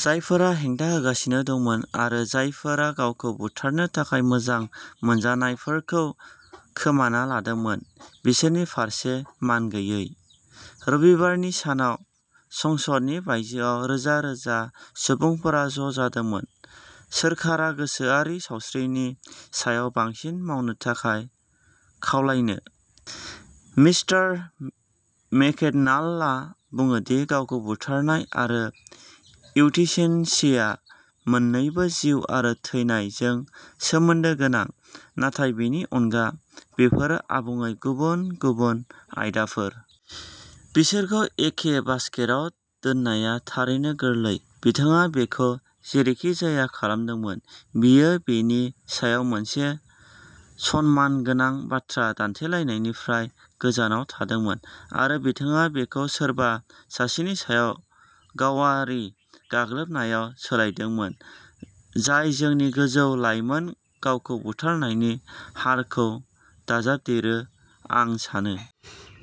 जायफोरा हेंथा होगासिनो दंमोन आरो जायफोरा गावखौ बुथारनो थाखाय मोजां मोनजानायफोरखौ खोमाना लादोंमोन, बिसोरनि फारसे मानगैयै। रबिबारनि सानाव संसदनि बायजोआव रोजा रोजा सुबुंफोरा ज'जादोंमोन, सोरखारा गोसोआरि सावस्रिनि सायाव बांसिन मावनो थाखाय खावलायनो। मिस्टार मेकड'नाल्डआ बुङो दि गावखौ बुथारनाय आरो इउथेनेसिया मोन्नैबो जिउ आरो थैनाय जों सोमोन्दो गोनां, नाथाय बेनि अनगा, बेफोरो आबुङै गुबुन गुबुन आयदाफोर। बिसोरखौ एखे बास्केटआव दोननाया थारैनो गोरलै। बिथाङा बेखौ जेरैखिजाया खालामदोंमोन, बियो बेनि सायाव मोनसे सनमानगोनां बाथ्रा दान्थेलायनायनिफ्राय गोजानाव थांदोंमोन, आरो बिथाङा बेखौ सोरबा सासेनि सायाव गावारि गाग्लोबनायाव सोलायदोंमोन। जाय जोंनि गोजौ लाइमोन गावखौ बुथारनायनि हारखौ दाजाबदेरो, आं सानो।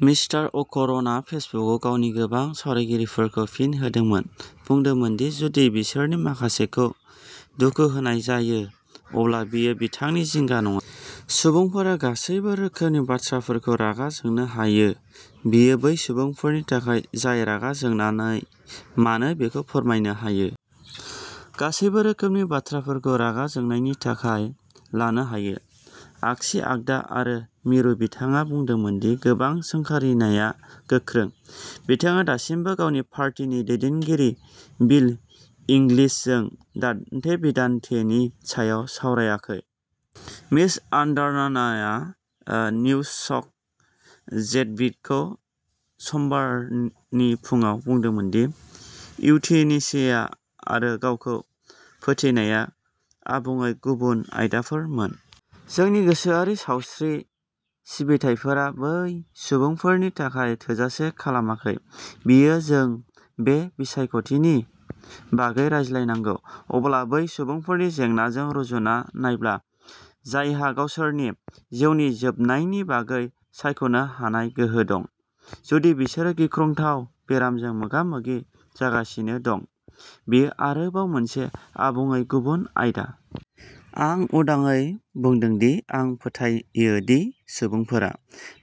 मिस्टार अ'कन'रना फेसबुकआव गावनि गोबां सावरायगिरिफोरखौ फिन होदोंमोन, बुंदोंमोन दि जुदि बिसोरनि माखासेखौ दुखु होनाय जायो अब्ला बेयो बिथांनि जिंगा नङा। सुबुंफोरा गासैबो रोखोमनि बाथ्राफोरखौ रागा जोंनो हायो बेयो बै सुबुंफोरनि थाखाय जाय रागा जोंनानै मानो बेखौ फोरमायनो हायो। गासैबो रोखोमनि बाथ्राफोरखौ रागा जोंनायनि थाखाय लानो हायो, आगसि आगदा आरो मिरु बिथाङा बुंदोंमोन दि गोबां सोंखारिनाया गोख्रों। बिथाङा दासिमबो गावनि पार्टीनि दैदेनगिरि बिल इंग्लिशजों दान्थे-बिदान्थेनि सायाव सावरायाखै। मिस आन्डारर्नाया निउस्टक जेडबिखौ समबारनि फुंआव बुंदोंमोन दि इउथेनेसिया आरो गावखौ फोथैनाया आबुङै गुबुन आयदाफोर मोन। जोंनि गोसोआरि सावस्रि सिबिथाइफोरा बै सुबुंफोरनि थाखाय थोजासे खालामाखै, बेयो जों बे बिसायख'थिनि बागै रायज्लायनांगौ। अब्ला बै सुबुंफोरनि जेंनाजों रुजुना नायब्ला, जायहा गावसोरनि जिउनि जोबनायनि बागै सायख'नो हानाय गोहो दं। जुदि बिसोरो गिख्रंथाव बेरामजों मोगा-मोगि जागासिनो दं, बेयो आरोबाव मोनसे आबुङै गुबुन आयदा। आं उदाङै बुंदों दि आं फोथायो दि सुबुंफोरा।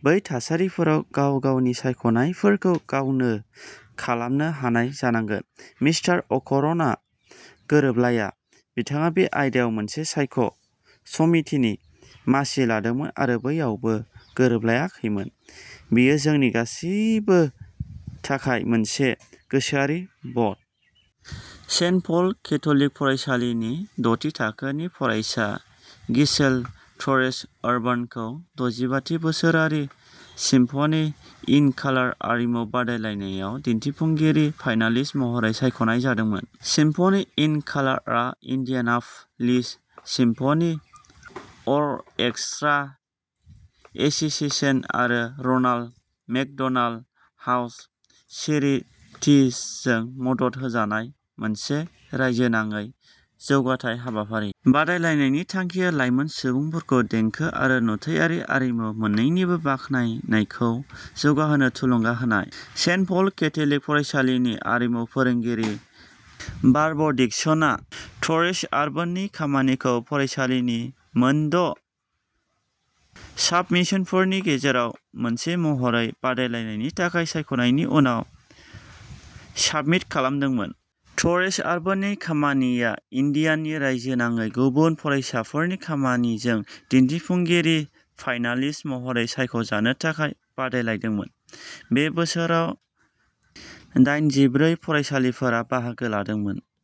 बै थासारिफोराव गाव गावनि सायख'नायफोरखौ गावनो खालामनो हानाय जानांगौ। मिस्टार अ'कन'रआ गोरोबलाया, बिथाङा बे आयदायाव मोनसे सायख' समितिनि मासि लादोंमोन आरो बैयावबो गोरोबलायाखैमोन। बेयो जोंनि गासिबो थाखाय मोनसे गोसोआरि भट। सेन्ट पल केथ'लिक फरायसालिनि द'थि थाखोनि फरायसा गिसेल ट'रेस-उर्बान'खौ दजिबा थि बोसोरारि सिम्फ'नि इन कालार आरिमु बादायलायनायाव दिन्थिफुंगिरि फाइनालिस्ट महरै सायख'नाय जादोंमोन। सिम्फ'नि इन कालारआ Indianapolis Symphony Orchestra Association आरो र'नाल्ड मेकड'नाल्ड हाउस चेरिटिजजों मदद होजानाय मोनसे रायजोनाङै जौगाथाय हाबाफारि। बादायलायनायनि थांखिया लाइमोन सुबुंफोरखौ देंखो आरो नुथायारि आरिमु मोन्नैनिबो बाखनायनायखौ जौगाहोनो थुलुंगा होनाय। सेन्ट पल केथ'लिक फरायसालिनि आरिमु फोरोंगिरि बार्ब डिक्सना ट'रेस-उर्बान'नि खामानिखौ फरायसालिनि मोनद' साबमिशनफोरनि गेजेराव मोनसे महरै बादायलायनायनि थाखाय सायख'नायनि उनाव साबमिट खालामदोंमोन। ट'रेस-उर्बान'नि खामानिया इन्डियानि रायजोनाङै गुबुन फरायसाफोरनि खामानिजों दिन्थिफुंगिरि फाइनालिस्ट महरै सायख'जानो थाखाय बादायलायदोंमोन। बे बोसोराव दायेनजिब्रै फरायसालिफोरा बाहागो लादोंमोन।